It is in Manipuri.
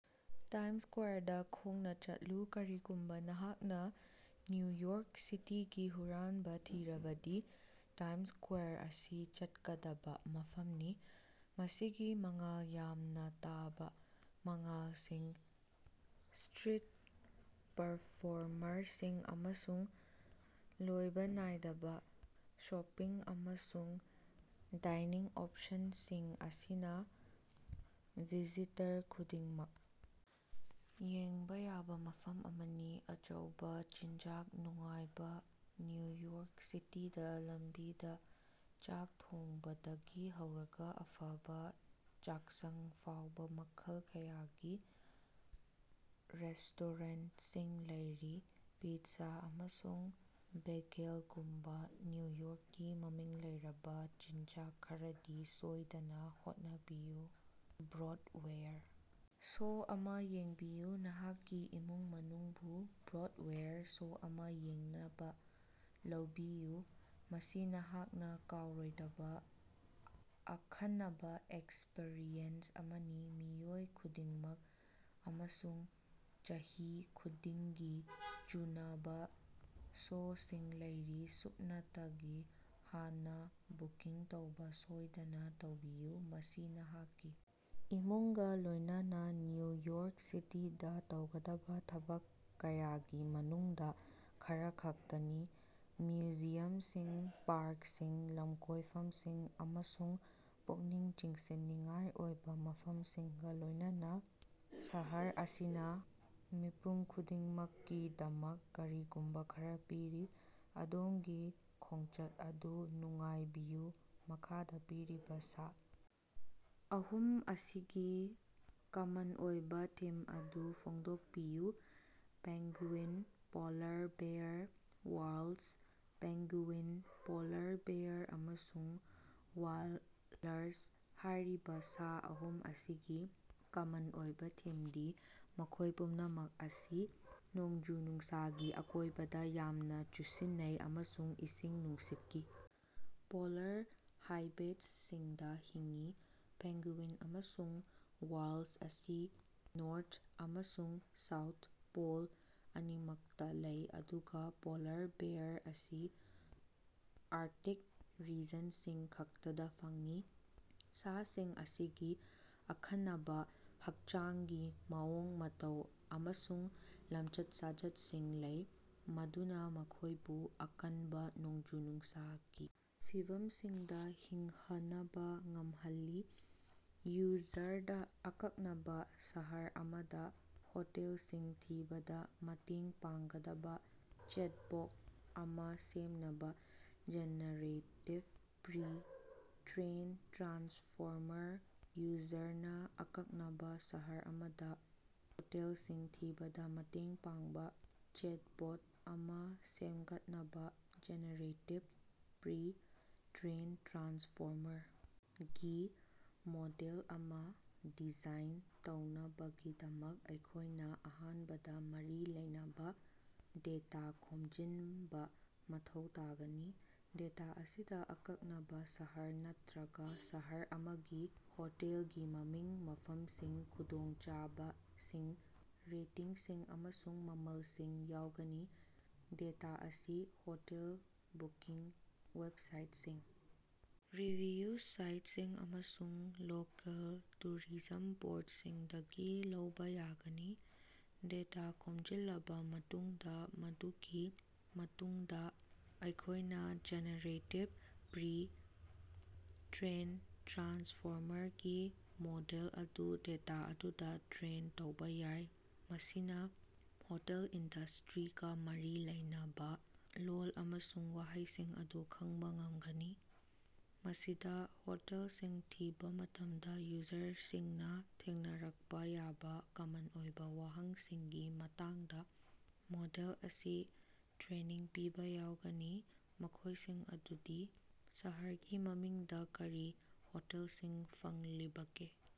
ꯇꯥꯏꯝꯁ ꯁ꯭ꯀꯋꯥꯔꯗ ꯈꯣꯡꯅ ꯆꯠꯂꯨ꯫ ꯀꯔꯤꯒꯨꯝꯕ ꯅꯍꯥꯛꯅ ꯅ꯭ꯌꯨ ꯌꯣꯔꯛ ꯁꯤꯇꯤꯒꯤ ꯍꯨꯔꯥꯟꯕ ꯊꯤꯔꯕꯗꯤ ꯇꯥꯏꯝꯁ ꯁ꯭ꯀꯋꯥꯔ ꯑꯁꯤ ꯆꯠꯀꯗꯕ ꯃꯐꯝꯅꯤ꯫ ꯃꯁꯤꯒꯤ ꯃꯉꯥꯜ ꯌꯥꯝꯅ ꯇꯥꯕ ꯃꯉꯥꯜꯁꯤꯡ, ꯁ꯭ꯇꯔꯤꯠ ꯄꯔꯐꯣꯔꯃꯔꯁꯤꯡ ꯑꯃꯁꯨꯡ ꯂꯣꯏꯕ ꯅꯥꯏꯗꯕ ꯁꯣꯄꯤꯡ ꯑꯃꯁꯨꯡ ꯗꯥꯏꯅꯤꯡ ꯑꯣꯞꯁꯟꯁꯤꯡ ꯑꯁꯤꯅ ꯚꯤꯖꯤꯇꯔ ꯈꯨꯗꯤꯡꯃꯛ ꯌꯦꯡꯕ ꯌꯥꯕ ꯃꯐꯝ ꯑꯃꯅꯤ꯫ ꯑꯆꯧꯕ ꯆꯤꯟꯖꯥꯛ ꯅꯨꯡꯉꯥꯏꯕ: ꯅ꯭ꯌꯨ ꯌꯣꯔꯛ ꯁꯤꯇꯤꯗ ꯂꯝꯕꯤꯗ ꯆꯥꯛ ꯊꯣꯡꯕꯗꯒꯤ ꯍꯧꯔꯒ ꯑꯐꯕ ꯆꯥꯛꯁꯪ ꯐꯥꯎꯕ ꯃꯈꯜ ꯀꯌꯥꯒꯤ ꯔꯦꯁ꯭ꯇꯣꯔꯦꯟꯠꯁꯤꯡ ꯂꯩꯔꯤ꯫ ꯄꯤꯖ꯭ꯖꯥ ꯑꯃꯁꯨꯡ ꯕꯦꯒꯦꯜꯒꯨꯝꯕ ꯅ꯭ꯌꯨ ꯌꯣꯔꯛꯀꯤ ꯃꯃꯤꯡ ꯂꯩꯔꯕ ꯆꯤꯟꯖꯥꯛ ꯈꯔꯗꯤ ꯁꯣꯏꯗꯅ ꯍꯣꯠꯅꯕꯤꯌꯨ꯫ ꯕ꯭ꯔꯣꯗꯋꯦꯌꯔ ꯁꯣ ꯑꯃ ꯌꯦꯡꯕꯤꯌꯨ: ꯅꯍꯥꯛꯀꯤ ꯏꯃꯨꯡ ꯃꯅꯨꯡꯕꯨ ꯕ꯭ꯔꯣꯗꯋꯦꯌꯔ ꯁꯣ ꯑꯃ ꯌꯦꯡꯅꯕ ꯂꯧꯕꯤꯌꯨ, ꯃꯁꯤ ꯅꯍꯥꯛꯅ ꯀꯥꯎꯔꯣꯏꯗꯕ ꯑꯈꯟꯅꯕ ꯑꯦꯛꯁꯄꯔꯤꯌꯦꯟꯁ ꯑꯃꯅꯤ꯫ ꯃꯤꯑꯣꯏ ꯈꯨꯗꯤꯡꯃꯛ ꯑꯃꯁꯨꯡ ꯆꯍꯤ ꯈꯨꯗꯤꯡꯒꯤ ꯆꯨꯅꯕ ꯁꯣꯁꯤꯡ ꯂꯩꯔꯤ, ꯁꯨꯞꯅꯇꯒꯤ ꯍꯥꯟꯅ ꯕꯨꯀꯤꯡ ꯇꯧꯕ ꯁꯣꯏꯗꯅ ꯇꯧꯕꯤꯌꯨ꯫ ꯃꯁꯤ ꯅꯍꯥꯛꯀꯤ ꯏꯃꯨꯡꯒ ꯂꯣꯏꯅꯅ ꯅ꯭ꯌꯨ ꯌꯣꯔꯛ ꯁꯤꯇꯤꯗ ꯇꯧꯒꯗꯕ ꯊꯕꯛ ꯀꯌꯥꯒꯤ ꯃꯅꯨꯡꯗ ꯈꯔꯈꯛꯇꯅꯤ꯫ ꯃ꯭ꯌꯨꯖꯤꯌꯝꯁꯤꯡ, ꯄꯥꯔꯛꯁꯤꯡ, ꯂꯝꯀꯣꯏꯐꯝꯁꯤꯡ ꯑꯃꯁꯨꯡ ꯄꯨꯛꯅꯤꯡ ꯆꯤꯡꯁꯤꯟꯅꯤꯡꯉꯥꯏ ꯑꯣꯏꯕ ꯃꯐꯝꯁꯤꯡꯒ ꯂꯣꯏꯅꯅ ꯁꯍꯔ ꯑꯁꯤꯅ ꯃꯤꯄꯨꯝ ꯈꯨꯗꯤꯡꯃꯛꯀꯤꯗꯃꯛ ꯀꯔꯤꯒꯨꯝꯕ ꯈꯔ ꯄꯤꯔꯤ꯫ ꯑꯗꯣꯝꯒꯤ ꯈꯣꯡꯆꯠ ꯑꯗꯨ ꯅꯨꯡꯉꯥꯏꯕꯤꯌꯨ꯫ ꯃꯈꯥꯗ ꯄꯤꯔꯤꯕ ꯁꯥ ꯑꯍꯨꯝ ꯑꯁꯤꯒꯤ ꯀꯃꯟ ꯑꯣꯏꯕ ꯊꯤꯝ ꯑꯗꯨ ꯐꯣꯡꯗꯣꯛꯄꯤꯌꯨ꯫ Penguin, polar bear, walrus. Penguin, polar bear ꯑꯃꯁꯨꯡ ꯋꯥꯂꯔꯁ ꯍꯥꯏꯔꯤꯕ ꯁꯥ ꯑꯍꯨꯝ ꯑꯁꯤꯒꯤ ꯀꯃꯟ ꯑꯣꯏꯕ ꯊꯤꯝꯗꯤ ꯃꯈꯣꯏ ꯄꯨꯝꯅꯃꯛ ꯑꯁꯤ ꯅꯣꯡꯖꯨ-ꯅꯨꯡꯁꯥꯒꯤ ꯑꯀꯣꯏꯕꯗ ꯌꯥꯝꯅ ꯆꯨꯁꯤꯟꯅꯩ ꯑꯃꯁꯨꯡ ꯏꯁꯤꯡ ꯅꯨꯡꯁꯤꯠꯀꯤ, ꯄꯣꯂꯥꯔ ꯍꯥꯏꯕꯦꯠꯁꯤꯡꯗ ꯍꯤꯡꯏ꯫ ꯄꯦꯡꯒꯨꯏꯟ ꯑꯃꯁꯨꯡ ꯋꯥꯜꯔꯁ ꯑꯁꯤ ꯅꯣꯔꯊ ꯑꯃꯁꯨꯡ ꯁꯥꯎꯊ ꯄꯣꯜ ꯑꯅꯤꯃꯛꯇ ꯂꯩ, ꯑꯗꯨꯒ ꯄꯣꯂꯥꯔ ꯕꯦꯌꯥꯔ ꯑꯁꯤ ꯑꯥꯔꯛꯇꯤꯛ ꯔꯤꯖꯟꯁꯤꯡ ꯈꯛꯇꯗ ꯐꯪꯏ꯫ ꯁꯥꯁꯤꯡ ꯑꯁꯤꯒꯤ ꯑꯈꯟꯅꯕ ꯍꯛꯆꯥꯡꯒꯤ ꯃꯑꯣꯡ-ꯃꯇꯧ ꯑꯃꯁꯨꯡ ꯂꯝꯆꯠ-ꯁꯥꯖꯠꯁꯤꯡ ꯂꯩ, ꯃꯗꯨꯅ ꯃꯈꯣꯏꯕꯨ ꯑꯀꯟꯕ, ꯅꯣꯡꯖꯨ-ꯅꯨꯡꯁꯥꯒꯤ ꯐꯤꯚꯝꯁꯤꯡꯗ ꯍꯤꯡꯍꯅꯕ ꯉꯝꯍꯜꯂꯤ꯫ ꯌꯨꯖꯔꯗ ꯑꯀꯛꯅꯕ ꯁꯍꯔ ꯑꯃꯗ ꯍꯣꯇꯦꯜꯁꯤꯡ ꯊꯤꯕꯗ ꯃꯇꯦꯡ ꯄꯥꯡꯒꯗꯕ ꯆꯦꯠꯕꯣꯛ ꯑꯃ ꯁꯦꯝꯅꯕ ꯖꯦꯅꯦꯔꯦꯇꯤꯕ ꯄ꯭ꯔꯤ- ꯇ꯭ꯔꯦꯟ ꯇ꯭ꯔꯥꯟꯁꯐꯣꯔꯃꯔ ꯌꯨꯖꯔꯅ ꯑꯀꯛꯅꯕ ꯁꯍꯔ ꯑꯃꯗ ꯍꯣꯇꯦꯜꯁꯤꯡ ꯊꯤꯕꯗ ꯃꯇꯦꯡ ꯄꯥꯡꯕ ꯆꯦꯠꯕꯣꯠ ꯑꯃ ꯁꯦꯝꯒꯠꯅꯕ ꯖꯦꯅꯦꯔꯦꯇꯤꯕ ꯄ꯭ꯔꯤ- ꯇ꯭ꯔꯦꯟ ꯇ꯭ꯔꯥꯟꯁꯐꯣꯔꯃꯔ ꯒꯤ ꯃꯣꯗꯦꯜ ꯑꯃ ꯗꯤꯖꯥꯏꯟ ꯇꯧꯅꯕꯒꯤꯗꯃꯛ ꯑꯩꯈꯣꯏꯅ ꯑꯍꯥꯟꯕꯗ ꯃꯔꯤ ꯂꯩꯅꯕ ꯗꯦꯇꯥ ꯈꯣꯝꯖꯤꯟꯕ ꯃꯊꯧ ꯇꯥꯒꯅꯤ꯫ ꯗꯦꯇꯥ ꯑꯁꯤꯗ ꯑꯀꯛꯅꯕ ꯁꯍꯔ ꯅꯠꯇ꯭ꯔꯒ ꯁꯍꯔ ꯑꯃꯒꯤ ꯍꯣꯇꯦꯜꯒꯤ ꯃꯃꯤꯡ, ꯃꯐꯝꯁꯤꯡ, ꯈꯨꯗꯣꯡꯆꯥꯕꯁꯤꯡ, ꯔꯦꯇꯤꯡꯁꯤꯡ, ꯑꯃꯁꯨꯡ ꯃꯃꯜꯁꯤꯡ ꯌꯥꯎꯒꯅꯤ꯫ ꯗꯦꯇꯥ ꯑꯁꯤ ꯍꯣꯇꯦꯜ ꯕꯨꯀꯤꯡ ꯋꯦꯕꯁꯥꯏꯠꯁꯤꯡ, ꯔꯤꯚꯤꯌꯨ ꯁꯥꯏꯠꯁꯤꯡ, ꯑꯃꯁꯨꯡ ꯂꯣꯀꯦꯜ ꯇꯨꯔꯤꯖꯝ ꯕꯣꯔꯗꯁꯤꯡꯗꯒꯤ ꯂꯧꯕ ꯌꯥꯒꯅꯤ꯫ ꯗꯦꯇꯥ ꯈꯣꯝꯖꯤꯜꯂꯕ ꯃꯇꯨꯡꯗ, ꯃꯗꯨꯒꯤ ꯃꯇꯨꯡꯗ ꯑꯩꯈꯣꯏꯅ ꯖꯦꯅꯦꯔꯦꯇꯤꯕ ꯄ꯭ꯔꯤ- ꯇ꯭ꯔꯦꯟ ꯇ꯭ꯔꯥꯟꯁꯐꯣꯔꯃꯔ ꯒꯤ ꯃꯣꯗꯦꯜ ꯑꯗꯨ ꯗꯦꯇꯥ ꯑꯗꯨꯗ ꯇ꯭ꯔꯦꯟ ꯇꯧꯕ ꯌꯥꯏ, ꯃꯁꯤꯅ ꯍꯣꯇꯦꯜ ꯏꯟꯗꯁꯇ꯭ꯔꯤꯒ ꯃꯔꯤ ꯂꯩꯅꯕ ꯂꯣꯜ ꯑꯃꯁꯨꯡ ꯋꯥꯍꯩꯁꯤꯡ ꯑꯗꯨ ꯈꯪꯕ ꯉꯝꯒꯅꯤ꯫ ꯃꯁꯤꯗ ꯍꯣꯇꯦꯜꯁꯤꯡ ꯊꯤꯕ ꯃꯇꯝꯗ ꯌꯨꯖꯔꯁꯤꯡꯅ ꯊꯦꯡꯅꯔꯛꯄ ꯌꯥꯕ ꯀꯃꯟ ꯑꯣꯏꯕ ꯋꯥꯍꯪꯁꯤꯡꯒꯤ ꯃꯇꯥꯡꯗ ꯃꯣꯗꯦꯜ ꯑꯁꯤ ꯇ꯭ꯔꯦꯅꯤꯡ ꯄꯤꯕ ꯌꯥꯎꯒꯅꯤ, ꯃꯈꯣꯏꯁꯤꯡ ꯑꯗꯨꯗꯤ: ꯁꯍꯔꯒꯤ ꯃꯃꯤꯡ ꯗ ꯀꯔꯤ ꯍꯣꯇꯦꯜꯁꯤꯡ ꯐꯪꯂꯤꯕꯒꯦ?